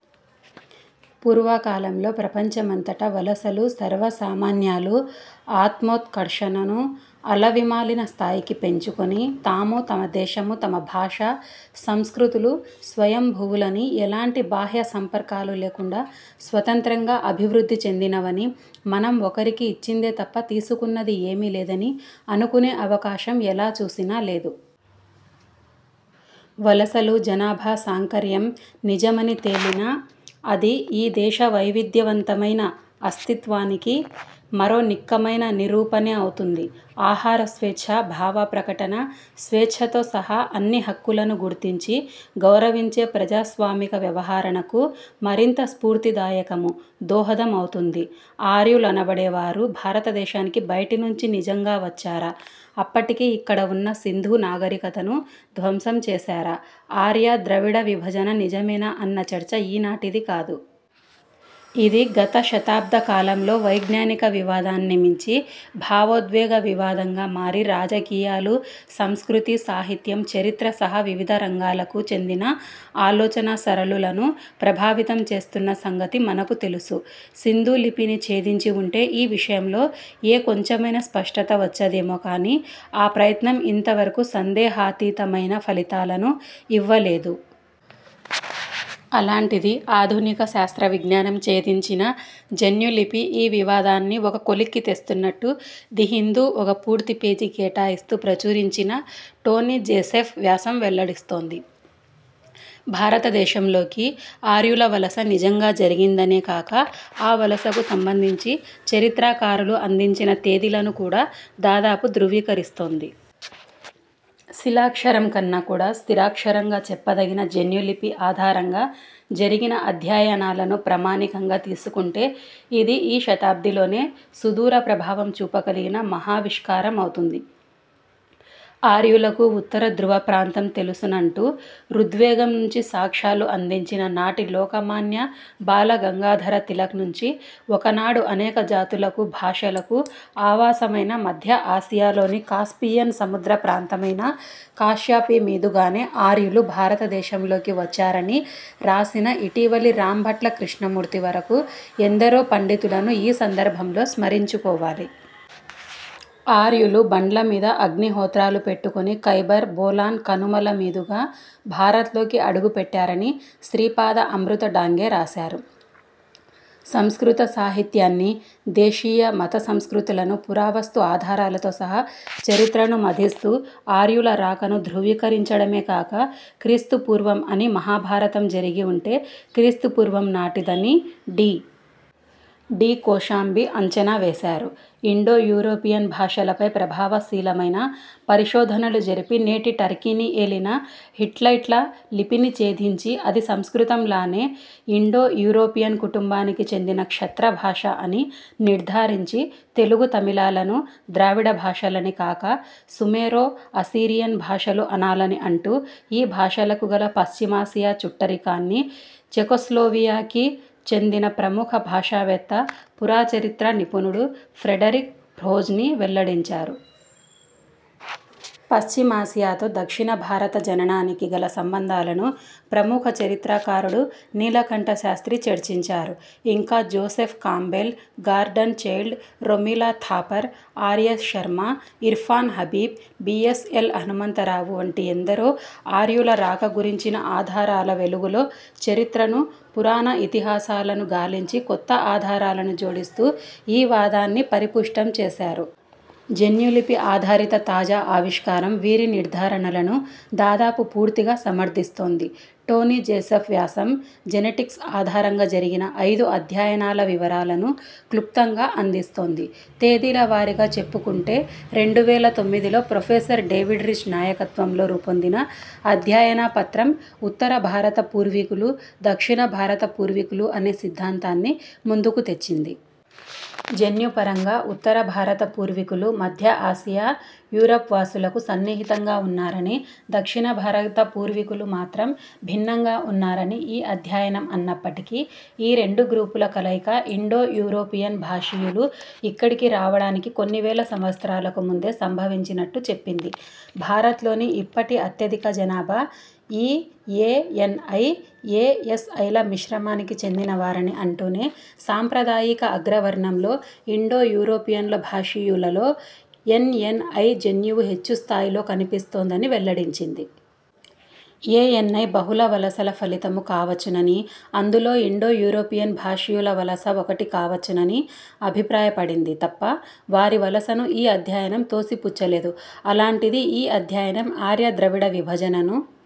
పురాకాలంలో ప్రపంచమంతటా వలసలు సర్వసామాన్యాలు. ఆత్మోత్కర్షను అలవిమాలిన స్థాయికి పెంచుకుని తామూ, తమ దేశమూ, తమ భాషా, సంస్కృతులూ స్వయంభువులని, ఎలాంటి బాహ్యసంపర్కాలూ లేకుండా స్వతంత్రంగా అభివృద్ధి చెందినవనీ, మనం ఒకరికి ఇచ్చిందే తప్ప తీసుకున్నది ఏమీ లేదనీ అనుకునే అవకాశం ఎలా చూసినా లేదు. వలసలు, జనాభా సాంకర్యం నిజమని తేలినా అది ఈ దేశ వైవిధ్యవంతమైన అస్తిత్వానికి మరో నిక్కమైన నిరూపణే అవుతుంది. ఆహార స్వేచ్ఛ, భావప్రకటన స్వేచ్ఛతో సహా అన్ని హక్కులనూ గుర్తించి గౌరవించే ప్రజాస్వామిక వ్యవహరణకు మరింత స్ఫూర్తిదాయకమూ, దోహదమూ అవుతుంది. ఆర్యులనబడేవారు భారతదేశానికి బయటి నుంచి నిజంగా వచ్చారా, అప్పటికే ఇక్కడ ఉన్న సింధు నాగరికతను ధ్వంసం చేశారా, ఆర్య–ద్రవిడ విభజన నిజమేనా అన్న చర్చ ఈనాటిది కాదు. ఇది గత శతాబ్దకాలంలో వైజ్ఞానిక వివాదాన్ని మించి భావోద్వేగ వివాదంగా మారి రాజకీయాలు, సంస్కృతి, సాహిత్యం, చరిత్ర సహా వివిధరంగాలకు చెందిన ఆలోచనా సరళులను ప్రభావితం చేస్తున్న సంగతి మనకు తెలుసు. సింధు లిపిని ఛేదించి ఉంటే ఈ విషయంలో ఏ కొంచెమైనా స్పష్టత వచ్చేదేమో కానీ, ఆ ప్రయత్నం ఇంతవరకు సందేహాతీతమైన ఫలితాలను ఇవ్వలేదు. అలాంటిది, ఆధునిక శాస్త్రవిజ్ఞానం ఛేదించిన 'జన్యులిపి' ఈ వివాదాన్నిఒక కొలిక్కి తెస్తున్నట్టు, ది హిందూ ఒక పూర్తి పేజీ కేటాయిస్తూ ప్రచురించిన టోనీ జోసెఫ్ వ్యాసం వెల్లడిస్తోంది. భారతదేశంలోకి ఆర్యుల వలస నిజంగా జరిగిందనేకాక, ఆ వలసకు సంబంధించి చరిత్రకారులు అందించిన తేదీలను కూడా దాదాపు ధ్రువీకరిస్తోంది. శిలాక్షరం కన్నా కూడా స్థిరాక్షరంగా చెప్పదగిన జన్యులిపి ఆధారంగా జరిగిన అధ్యయనాలను ప్రామాణికంగా తీసుకుంటే ఇది ఈ శతాబ్దిలోనే సుదూరప్రభావం చూపగలిగిన మహావిష్కారం అవుతుంది. ఆర్యులకు ఉత్తరధ్రువ ప్రాంతం తెలుసునంటూ ఋగ్వేదం నుంచి సాక్ష్యాలు అందించిన నాటి లోకమాన్య బాలగంగాధర తిలక్ నుంచి ఒకనాడు అనేక జాతులకు భాషలకు ఆవాసమైన మధ్య ఆసియాలోని కాస్పియన్ సముద్ర ప్రాంతమైన కాశ్యపి మీదు గానే ఆర్యులు భారతదేశంలోకి వచ్చారనీ రాసిన ఇటీవలి రాంభట్ల కృష్ణమూర్తి వరకూ ఎందరో పండితులను ఈ సందర్భంలో స్మరించుకోవాలి. ఆర్యులు బండ్ల మీద అగ్నిహోత్రాలు పెట్టుకుని కైబర్, బొలాన్ కనుమల మీదుగా భారత్ లోకి అడుగుపెట్టారని శ్రీపాద అమృత డాంగే రాశారు. సంస్కృతసాహిత్యాన్నీ, దేశీయ మతసంస్కృతులను, పురావస్తు ఆధారాలతో సహా చరిత్రను మధిస్తూ ఆర్యుల రాకను ధ్రువీకరించడమే కాక క్రీస్తుపూర్వం అనీ, మహాభారతం జరిగి ఉంటే క్రీస్తుపూర్వం నాటిదనీ డి. డి. కోశాంబీ అంచనావేశారు. ఇండో –యూరోపియన్ భాషలపై ప్రభావశీలమైన పరిశోధనలు జరిపి, నేటి టర్కీని ఏలిన హిట్టైట్ల లిపిని ఛేదించి అది సంస్కృతంలానే ఇండో–యూరోపియన్ కుటుంబానికి చెందిన క్షత్రభాష అని నిర్ధారించి, తెలుగు, తమిళాలను ద్రావిడభాషలని కాక, సుమేరో– అసీరియన్ భాషలు అనాలని అంటూ ఈ భాషలకు గల పశ్చిమాసియా చుట్టరికాన్ని చెకొస్లవేకియాకు చెందిన ప్రముఖ భాషావేత్త, పురాచరిత్ర నిపుణుడు ఫ్రెడరిక్ హ్రోజ్నీ వెల్లడించారు. పశ్చిమాసియాతో దక్షిణ భారత జననానికి గల సంబంధాలను ప్రముఖ చరిత్రకారుడు నీలకంఠశాస్త్రి చర్చించారు. ఇంకా Joseph Campbell, Gordon Childe, Romila Thapar, R. S. Sharma, Irfan Habib, B. S. L. Hanumantha Rao వంటి ఎందరో ఆర్యుల రాక గురించిన ఆధారాల వెలుగులో చరిత్రను, పురాణ ఇతిహాసాలను గాలించి కొత్త ఆధారాలను జోడిస్తూ ఈ వాదాన్ని పరిపుష్టం చేశారు. జన్యులిపి ఆధారిత తాజా ఆవిష్కారం వీరి నిర్ధారణలను దాదాపు పూర్తిగా సమర్ధిస్తోంది. టోనీ జోసెఫ్ వ్యాసం జెనెటిక్స్ ఆధారంగా జరిగిన అయిదు అధ్యయనాల వివరాలను క్లుప్తంగా అందిస్తోంది. తేదీల వారీగా చెప్పుకుంటే, రెండు వేల తొమ్మిదిలో ప్రొఫెసర్ డేవిడ్ రీచ్ నాయకత్వంలో రూపొందిన అధ్యయనపత్రం, 'ఉత్తర భారత పూర్వీకులు ', 'దక్షిణభారత పూర్వీకులు ' అనే సిద్ధాంతాన్ని ముందుకు తెచ్చింది. జన్యుపరంగా ఉత్తరభారత పూర్వీకులు మధ్యఆసియా, యూరప్ వాసులకు సన్నిహితంగా ఉన్నారనీ, దక్షిణభారత పూర్వీకులు మాత్రం భిన్నంగా ఉన్నారనీ ఈ అధ్యయనం అన్నప్పటికీ, ఈ రెండు గ్రూపుల కలయిక ఇండో–యూరోపియన్ భాషీయులు ఇక్కడికి రావడానికి కొన్ని వేల సంవత్సరాలకు ముందే సంభవించినట్టు చెప్పింది. భారత్ లోని ఇప్పటి అత్యధిక జనాభా ఈ ఏఎన్ఐ, ఏఎస్ఐల మిశ్రమానికి చెందినవారని అంటూనే, సాంప్రదాయిక అగ్రవర్ణంలో, ఇండో–యూరోపియన్ భాషీయులలో ఎన్ఎన్ఐ జన్యువు హెచ్చుస్థాయిలో కనిపిస్తోందని వెల్లడించింది. ఏఎన్ఐ బహుళ వలసల ఫలితమూ కావచ్చుననీ, అందులో ఇండో–యూరోపియన్ భాషీయుల వలస ఒకటి కావచ్చుననీ అభిప్రాయపడింది తప్ప వారి వలసను ఈ అధ్యయనం తోసిపుచ్చలేదు. అలాంటిది, ఈ అధ్యయనం ఆర్య–ద్రవిడ విభజనను